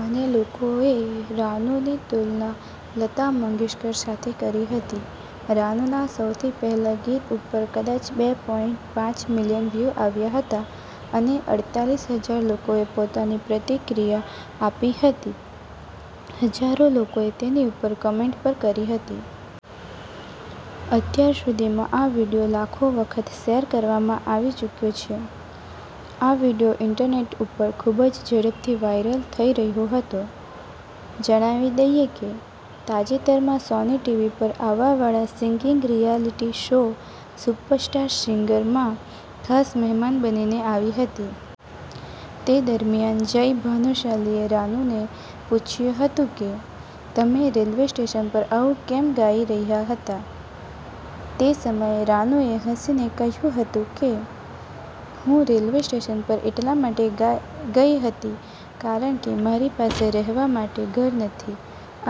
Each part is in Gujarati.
અને લોકોએ રાનુંની તુલના લતા મંગેશકર સાથે કરી હતી. રાનુના સૌથી પહેલા ગીત ઉપર કદાચ બે પોઈંટ પાંચ મિલિયન વ્યુ આવ્યા હતા અને અડતાલીસ હજાર લોકોએ પોતાની પ્રતિક્રિયા આપી હતી. હજારો લોકોએ તેની ઉપર કમેન્ટ પણ કરી હતી. અત્યાર સુધીમાં આ વીડિયો લાખો વખત શેર કરવામાં આવી ચૂક્યો છે. આ વીડિયો ઇન્ટરનેટ ઉપર ખૂબ જ ઝડપથી વાયરલ થઈ રહ્યો હતો. જણાવી દઈએ કે, તાજેતરમાં સોની ટીવી પર આવવા વાળા સિંગિંગ રિયાલિટી શો 'સુપરસ્ટાર સિંગર'માં ખાસ મહેમાન બનીને આવી હતી. તે દરમ્યાન જય ભાનુશાલીએ રાનુંને પૂછ્યું હતું કે, તમે રેલ્વે સ્ટેશન પર આવું કેમ ગાઇ રહ્યા હતા. તે સમયે રાનું એ હસીને કહ્યું હતું કે, હું રેલવે સ્ટેશન પર એટલા માટે ગઈ હતી કારણ કે મારી પાસે રહેવા માટે ઘર નથી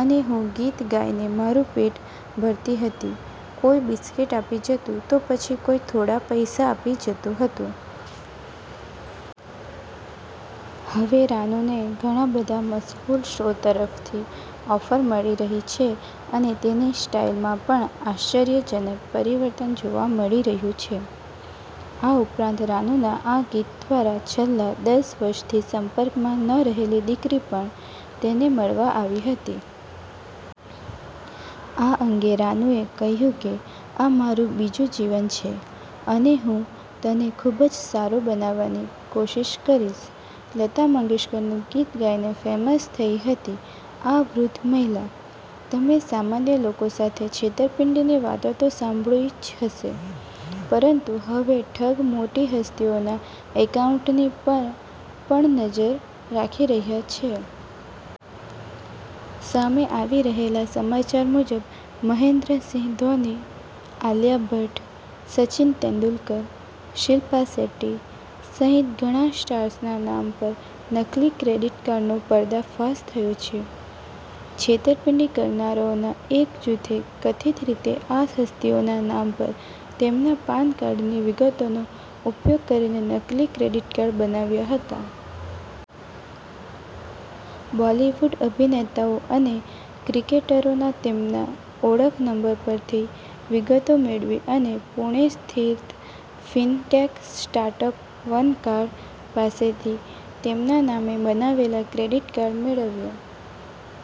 અને હું ગીત ગાય ને મારું પેટ ભરતી હતી કોઈ બિસ્કીટ આપી જતું તો પછી કોઈ થોડા પૈસા આપી જતું હતું. હવે રાનુંને ઘણા બધા મશહૂર શો તરફથી ઓફર મળી રહી છે અને તેની સ્ટાઈલમાં પણ આશ્ચર્યજનક પરિવર્તન જોવા મળી રહયું છે. આ ઉપરાંત રાનુંના આ ગીત દ્વારા છેલ્લા દસ વર્ષથી સંપર્કમાં ન રહેલી દીકરી પણ તેને મળવા આવી હતી. આ અંગે રાનું એ કહ્યુ કે, આ મારુ બીજું જીવન છે અને હું તને ખુબજ સારો બનાવવાની કોશિશ કરીશ. લતા મંગેશકરનું ગીત ગાયને ફેમસ થઈ હતી આ વૃદ્ધ મહિલા. તમે સામાન્ય લોકો સાથે છેતરપિંડીની વાતો તો સાંભળી જ હશે, પરંતુ હવે ઠગ મોટી હસ્તીઓના એકાઉન્ટ પર પણ નજર રાખી રહ્યા છે. સામે આવી રહેલા સમાચાર મુજબ મહેન્દ્ર સિંહ ધોની, આલિયા ભટ્ટ, સચિન તેંડુલકર, શિપ્લા શેટ્ટી સહિત ઘણા સ્ટાર્સના નામ પર નકલી ક્રેડિટ કાર્ડનો પર્દાફાશ થયો છે. છેતરપિંડી કરનારાઓના એક જૂથે કથિત રીતે આ હસ્તીઓના નામ પર તેમના પાન કાર્ડની વિગતોનો ઉપયોગ કરીને નકલી ક્રેડિટ કાર્ડ બનાવ્યા હતા. બોલિવૂડ અભિનેતાઓ અને ક્રિકેટરોના તેમના ઓળખ નંબર પરથી વિગતો મેળવી અને પૂણે સ્થિત ફિનટેક સ્ટાર્ટઅપ 'વન કાર્ડ' પાસેથી તેમના નામે બનાવેલા ક્રેડિટ કાર્ડ મેળવ્યા.